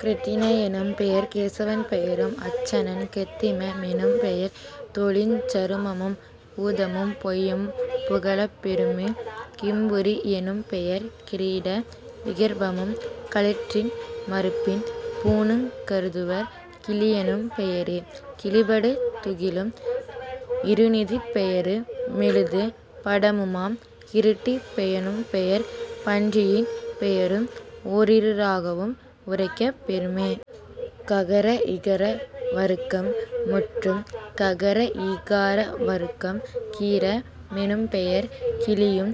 கிருட்டின னெனும்பெயர் கேசவன் பெயரும் அருச்சனன் பெயரு மாகு மென்ப..... கிருத்திம மெனும்பெயர் தொழிலுஞ் சருமமும் பூதமும் பொய்யும் புகலப் பெறுமே..... கிம்புரி யெனும்பெயர் கிரீட விகற்பமும் களிற்றின் மருப்பின் பூணுங் கருதுவர்..... கிழியெனும் பெயரே கிழிபடு துகிலும் இருநிதிப் பெயரு மெழுது படமுமாம்..... கிருட்டி யெனும்பெயர் பன்றியின் பெயரும் ஓரீற் றாவும் உரைக்கப் பெறுமே..... ககர இகர வருக்கம் முற்றும். ககர ஈகார வருக்கம் கீர மெனும்பெயர் கிளியும்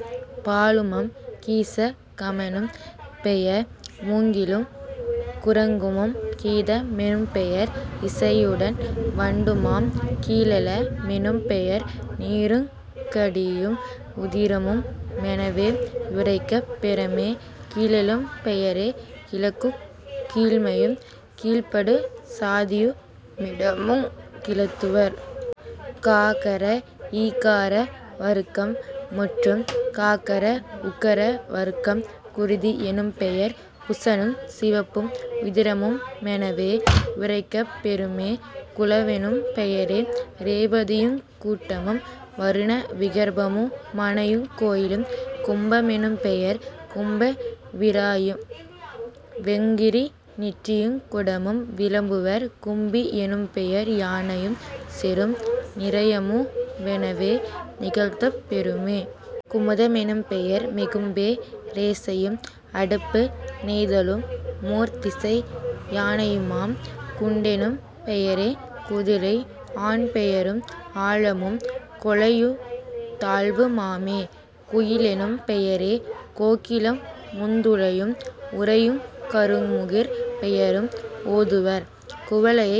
பாலுமாம்..... கீச கமெனும் பெயர் மூங்கிலுங் குரங்குமாம்..... கீத மெனும்பெயர் இசையுடன் வண்டுமாம்..... கீலால மெனும்பெயர் நீருங் காடியும் உதிரமு மெனவே யுரைக்கப் பெறுமே..... கீழெனும் பெயரே கிழக்குங் கீழ்மையும் கீழ்ப்படு சாதியு மிடமுங் கிளத்துவர்..... ககர ஈகார வருக்கம் முற்றும். ககர உகர வருக்கம் குருதி யெனும்பெயர் குசனும் சிவப்பும் உதிரமு மெனவே யுரைக்கப் பெறுமே..... குலமெனும் பெயரி ரேவதியுங் கூட்டமும் வருண விகற்பமு மனையுங் கோயிலும்..... கும்ப மெனும்பெயர் கும்ப விராசியும் வெங்கிரி நெற்றியுங் குடமும் விளம்புவர்..... கும்பி யெனும்பெயர் யானையும் சேறும் நிரயமு மெனவே நிகழ்த்தப் பெறுமே..... குமுத மெனும்பெயர் மிகும்பே ரோசையும் அடுப்பு நெய்தலு மோர்திசை யானையுமாம்..... குண்டெனும் பெயரே குதிரை ஆண்பெயரும் ஆழமும் கொலையுந் தாழ்வு மாமே..... குயிலெனும் பெயரே கோகிலமுந் துளையும் உரையுங் கருமுகிற் பெயரும் ஓதுவர்..... குவலைய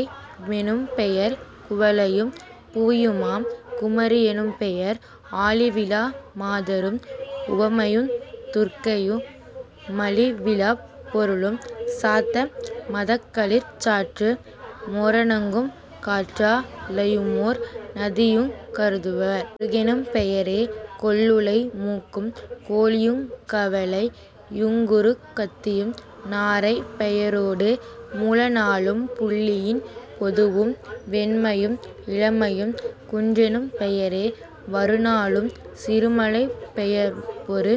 மெனும்பெயர் குவளையும் புவியுமாம்..... குமரி யெனும்பெயர் அழிவிலா மாதரும் உமையுந் துர்க்கையு மழிவிலாப் பொருளும் சத்த மாதாக்களிற் சாற்று மோரணங்கும் கற்றா ழையுமோர் நதியுங் கருதுவர்..... குருகெனும் பெயரே கொல்லுலை மூக்கும் கோழியுங் கைவளை யுங்குருக் கத்தியும் நாரை பெயரோடு மூல நாளும் புள்ளின் பொதுவும் வெண்மையும் இளமையும்.... குன்றெனும் பெயரே வருண னாளும் சிறுமலைப் பெயர்பெரு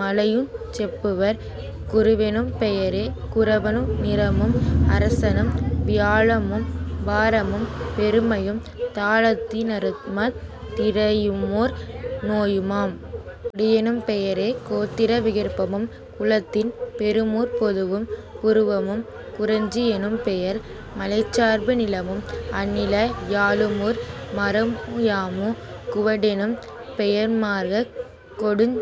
மலையுஞ் செப்புவர்.... குருவெனும் பெயரே குரவனு நிறமும் அரசனும் வியாழமும் பாரமும் பெருமையும் தாளத்தி னிருமாத் திரையுமோர் நோயுமாம்..... குடியெனும் பெயரே கோத்திர விகற்பமும் குலத்தின் பெயருமூர்ப் பொதுவும் புருவமும்..... குறிஞ்சி யெனும்பெயர் மலைச்சார்பு நிலமும் அந்நில யாழுமோர் மரமு மாமே..... குவடெனும் பெயர்மரக் கோடுஞ்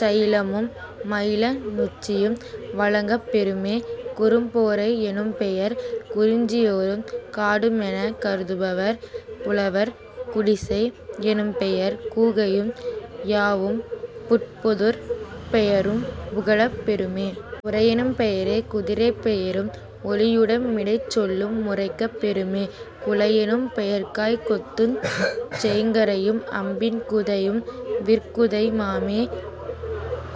சயிலமும் மலையி னுச்சியும் வழங்கப் பெறுமே..... குறும்பொறை யெனும்பெயர் குறிஞ்சி யூரும் காடு மெனவே கருதுவர் புலவர்..... குடிஞை யெனும்பெயர் கூகையும் யாறும் புட்பொதுப் பெயரும் புகலப் பெறுமே..... குரையெனும் பெயரே குதிரைப் பெயரும் ஒலியுமிடைச் சொல்லு முரைக்கப் பெறுமே..... குலையெனும் பெயர்காய்க் கொத்துஞ் செய்கரையும் அம்பின் குதையும் விற்குதையு மாமே.....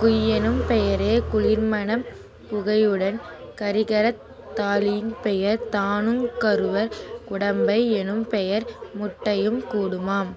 குய்யெனும் பெயரே குளிர்மணப் புகையுடன் கறிகரித் தலின்பெயர் தானுங் கருதுவர்..... குடம்பை யெனும்பெயர் முட்டையும் கூடுமாம்...